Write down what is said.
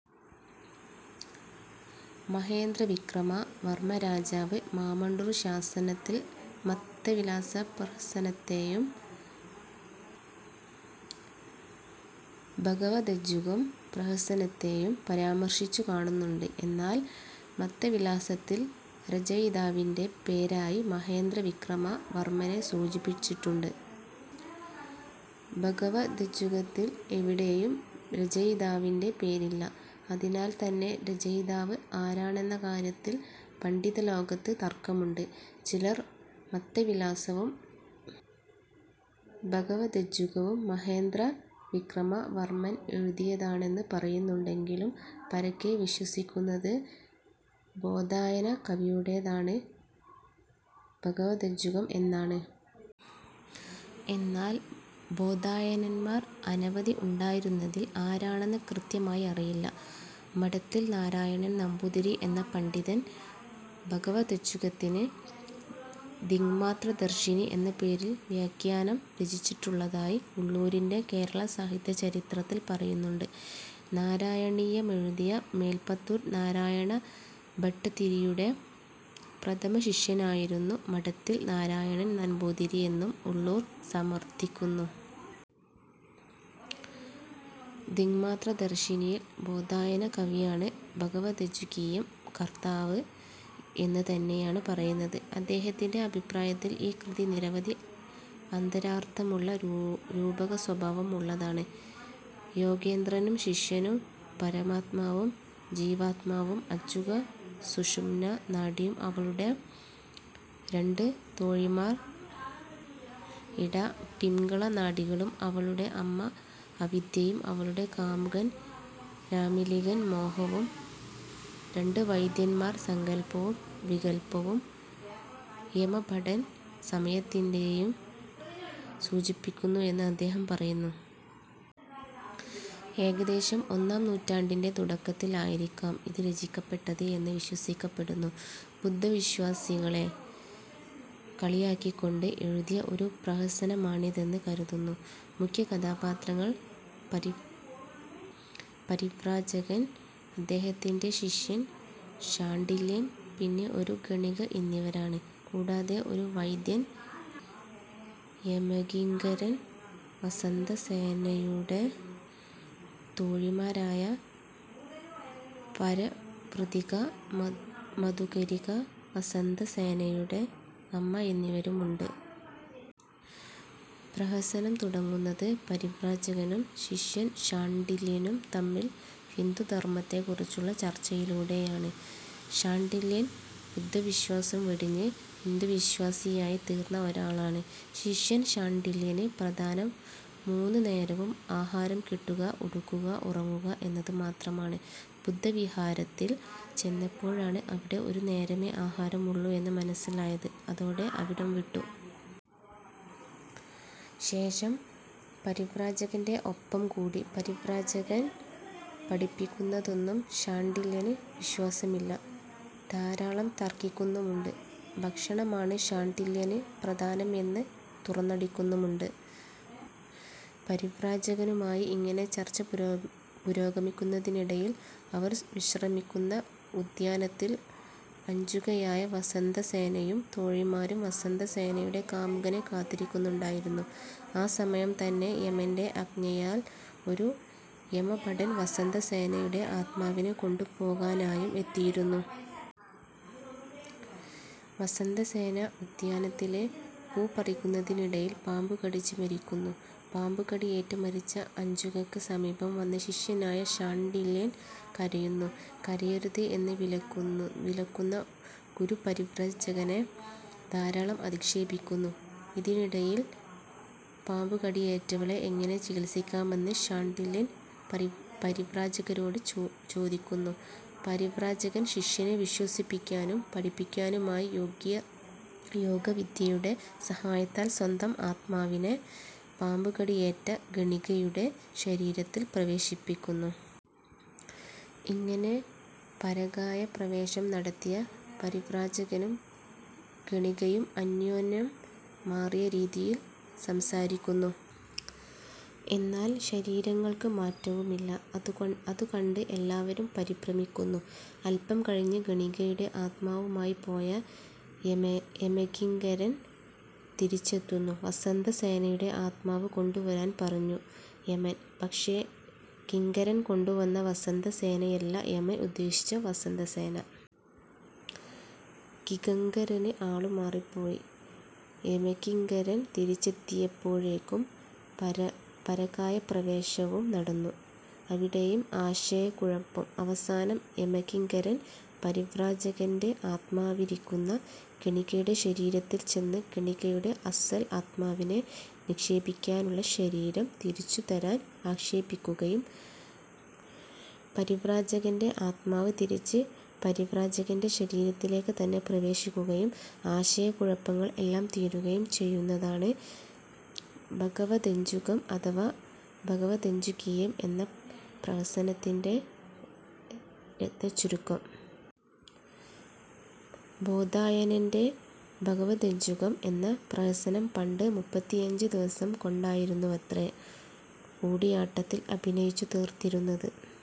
മഹേന്ദ്രവിക്രമ വർമ്മ രാജാവ് മാമണ്ടൂർ ശാസനത്തിൽ മത്തവിലാസ പ്രഹസനത്തേയും ഭഗവദജ്ജുകം പ്രഹസനത്തേയും പരാമർശിച്ചു കാണുന്നുണ്ട്. എന്നാൽ മത്തവിലാസത്തിൽ രചയിതാവിൻ്റെ പേരായി മഹേന്ദ്രവിക്രമ വർമ്മനെ സൂചിപ്പിച്ചിട്ടുണ്ട്. ഭഗവദജ്ജുകത്തിൽ എവിടെയും രചയിതാവിൻ്റെ പേരില്ല. അതിനാൽ തന്നെ രചയിതാവ് ആരാണെന്ന കാര്യത്തിൽ പണ്ഡിതലോകത്ത് തർക്കമുണ്ട്. ചിലർ മത്തവിലാസവും ഭഗവദജ്ജുകവും മഹേന്ദ്രവിക്രമ വർമ്മൻ എഴുതിയതാണെന്ന് പറയുന്നുണ്ടെങ്കിലും പരക്കെ വിശ്വസിക്കുന്നത് ബോധായന കവിയുടേതാണ് ഭഗവദജ്ജുകം എന്നാണ്. എന്നാൽ ബോധായനന്മാർ അനവധി ഉണ്ടായിരുന്നതിൽ ആരാണെന്ന് കൃത്യമായി അറിയില്ല. മഠത്തിൽ നാരായണൻ നമ്പൂതിരി എന്ന പണ്ഡിതൻ ഭഗവദജ്ജുകത്തിന് ദിങ്മാത്രദർശിനി എന്ന പേരിൽ വ്യാഖ്യാനം രചിച്ചിട്ടുള്ളതായി ഉള്ളൂരിൻ്റെ കേരള സാഹിത്യ ചരിത്രത്തിൽ പറയുന്നുണ്ട്. നാരായണീയമെഴുതിയ മേൽപ്പത്തൂർ നാരായണ ഭട്ടതിരിയുടെ പ്രഥമ ശിഷ്യനായിരുന്നു മഠത്തിൽ നാരായണൻ നമ്പൂതിരി എന്നും ഉള്ളൂർ സമർത്ഥിക്കുന്നു. ദിങ്മാത്രദർശിനിയിൽ ബോധായന കവിയാണ് ഭഗവദജ്ജുകീയം കർത്താവ് എന്ന് തന്നെയാണ് പറയുന്നത്. അദ്ദേഹത്തിൻ്റെ അഭിപ്രായത്തിൽ ഈ കൃതി നിരവധി അന്തരാർത്ഥമുള്ള രൂപക സ്വഭാവം ഉള്ളതാണ്. യോഗേന്ദ്രനും ശിഷ്യനും പരമാത്മാവും ജീവാത്മാവും, അജ്ജുക സുഷുമ്നാ നാഡിയും അവളുടെ രണ്ട് തോഴിമാർ ഇട, പിംഗള നാഡികളും, അവളുടെ അമ്മ അവിദ്യയും, അവളുടെ കാമുകൻ രാമിലികൻ മോഹവും, രണ്ട് വൈദ്യന്മാർ സങ്കൽപ്പവും വികൽപ്പവും, യമഭടൻ സമയത്തിനേയും സൂചിപ്പിക്കുന്നു എന്ന് അദ്ദേഹം പറയുന്നു. ഏകദേശം ഒന്നാം നൂറ്റാണ്ടിൻ്റെ തുടക്കത്തിൽ ആയിരിക്കാം ഇത് രചിക്കപ്പെട്ടത് എന്ന് വിശ്വസിക്കപ്പെടുന്നു. ബുദ്ധ വിശ്വാസികളെ കളിയാക്കിക്കൊണ്ട് എഴുതിയ ഒരു പ്രഹസനമാണിതെന്ന് കരുതുന്നു. മുഖ്യ കഥാപാത്രങ്ങൾ പരി പരിവ്രാജകൻ, അദ്ദേഹത്തിൻ്റെ ശിഷ്യൻ ശാണ്ഡില്യൻ, പിന്നെ ഒരു ഗണിക എന്നിവരാണ്. കൂടാതെ ഒരു വൈദ്യൻ, യമകിങ്കരൻ, വസന്തസേനയുടെ തോഴിമാരായ പരഭൃതിക, മതു മധുകരിക, വസന്തസേനയുടെ അമ്മ എന്നിവരും ഉണ്ട്. പ്രഹസനം തുടങ്ങുന്നത് പരിവ്രാജകനും ശിഷ്യൻ ശാണ്ഡില്യനും തമ്മിൽ ഹിന്ദുധർമ്മത്തെ കുറിച്ചുള്ള ചർച്ചയിലൂടെയാണ്. ശാണ്ഡില്യൻ ബുദ്ധവിശ്വാസം വെടിഞ്ഞ് ഹിന്ദുവിശ്വാസിയായി തീർന്ന ഒരാളാണ്. ശിഷ്യൻ ശാണ്ഡില്യന് പ്രധാനം മൂന്നുനേരവും ആഹാരം കിട്ടുക, ഉടുക്കുക, ഉറങ്ങുക എന്നത് മാത്രമാണ്. ബുദ്ധവിഹാരത്തിൽ ചെന്നപ്പോഴാണ് അവിടെ ഒരുനേരമേ ആഹാരമുള്ളൂ എന്ന് മനസ്സിലായത്. അതോടെ അവിടം വിട്ടു. ശേഷം പരിവ്രാജകൻ്റെ ഒപ്പം കൂടി. പരിവ്രാജകൻ പഠിപ്പിക്കുന്നതൊന്നും ശാണ്ഡില്യന് വിശ്വാസമില്ല. ധാരാളം തർക്കിക്കുന്നുമുണ്ട്. ഭക്ഷണമാണ് ശാണ്ഡില്യന് പ്രധാനം എന്ന് തുറന്നടിക്കുന്നുമുണ്ട്. പരിവ്രാജകനുമായി ഇങ്ങനെ ചർച്ച പുരോഗമിക്കുന്നതിനിടയിൽ അവർ വിശ്രമിക്കുന്ന ഉദ്യാനത്തിൽ അജ്ജുകയായ വസന്തസേനയും തോഴിമാരും വസന്തസേനയുടെ കാമുകനെ കാത്തിരിക്കുന്നുണ്ടായിരുന്നു. ആ സമയം തന്നെ യമൻ്റെ ആജ്ഞയാൽ ഒരു യമഭടൻ വസന്തസേനയുടെ ആത്മാവിനെ കൊണ്ടുപോകാനായും എത്തിയിരുന്നു. വസന്തസേന ഉദ്യാനത്തിലെ പൂ പറിക്കുന്നതിനിടയിൽ പാമ്പുകടിച്ച് മരിക്കുന്നു. പാമ്പുകടിയേറ്റ് മരിച്ച അജ്ജുകയ്ക്ക് സമീപം വന്ന് ശിഷ്യനായ ശാണ്ഡില്യൻ കരയുന്നു. കരയരുത് എന്ന് വിലക്കുന്ന ഗുരു പരിവ്രാജകനെ ധാരാളം അധിക്ഷേപിക്കുന്നു. ഇതിനിടയിൽ പാമ്പുകടിയേറ്റവളെ എങ്ങനെ ചികിത്സിക്കാമെന്ന് ശാണ്ഡില്യൻ പരി പരിവ്രാജകനോട് ചോതി ചോദിക്കുന്നു. പരിവ്രാജകൻ ശിഷ്യനെ വിശ്വസിപ്പിക്കാനും പഠിപ്പിക്കാനുമായി യോഗവിദ്യയുടെ സഹായത്താൽ സ്വന്തം ആത്മാവിനെ പാമ്പുകടിയേറ്റ ഗണികയുടെ ശരീരത്തിൽ പ്രവേശിപ്പിക്കുന്നു. ഇങ്ങനെ പരകായപ്രവേശം നടത്തിയ പരിവ്രാജകനും ഗണികയും അന്യോന്യം മാറിയ രീതിയിൽ സംസാരിക്കുന്നു. എന്നാൽ ശരീരങ്ങൾക്ക് മാറ്റവുമില്ല. അതുകണ്ട് എല്ലാവരും പരിഭ്രമിക്കുന്നു. അല്പം കഴിഞ്ഞ് ഗണികയുടെ ആത്മാവുമായി പോയൽ അതു യമകിങ്കരൻ യമകിങ്കരൻല്ൽതിരിച്ചെത്തുന്നു. വസന്തസേനയുടെ ആത്മാവ് കൊണ്ടുവരാൻ പറഞ്ഞു യമൻ, പക്ഷേ കിങ്കരൻ കൊണ്ടുവന്ന വസന്തസേനയല്ല യമൻ ഉദ്ദേശിച്ച വസന്തസേന. കിങ്കരന് ആളുമാറിപ്പോയി. യമകിങ്കരൻ തിരി ച്ചെത്തിയപ്പോഴേക്കും പര പരകായപ്രവേശവും നടന്നു. അവിടെയും ആശയക്കുഴപ്പം. അവസാനം യമകിങ്കരൻ പരിവ്രാജകൻ്റെ ആത്മാവിരിക്കുന്ന ഗണികയുടെ ശരീരത്തിൽ ചെന്ന് ഗണികയുടെ അസ്സൽ ആത്മാവിനെ നിക്ഷേപിക്കാനുള്ള ശരീരം തിരിച്ചു തരാൻ അപേക്ഷിക്കുകയും പരിവ്രാജകൻ്റെ ആത്മാവ് തിരിച്ച് പരിവ്രാജകൻ്റെ ശരീരത്തിലേക്ക് തന്നെ പ്രവേശിക്കുകയും ആശയക്കുഴപ്പങ്ങൾ എല്ലാം തീരുകയും ചെയ്യുന്നതാണ് ഭഗവദജ്ജുകം അഥവാ ഭഗവദജ്ജുകീയം എന്ന പ്രഹസനത്തിൻ്റെ രത്നച്ചുരുക്കം. ബോധായനൻ്റെ ഭഗവദജ്ജുകം എന്ന പ്രഹസനം പണ്ട് മുപ്പത്തിയഞ്ച് ദിവസം കൊണ്ടായിരുന്നുവത്രെ കൂടിയാട്ടത്തിൽ അഭിനയിച്ചു തീർത്തിരുന്നത്.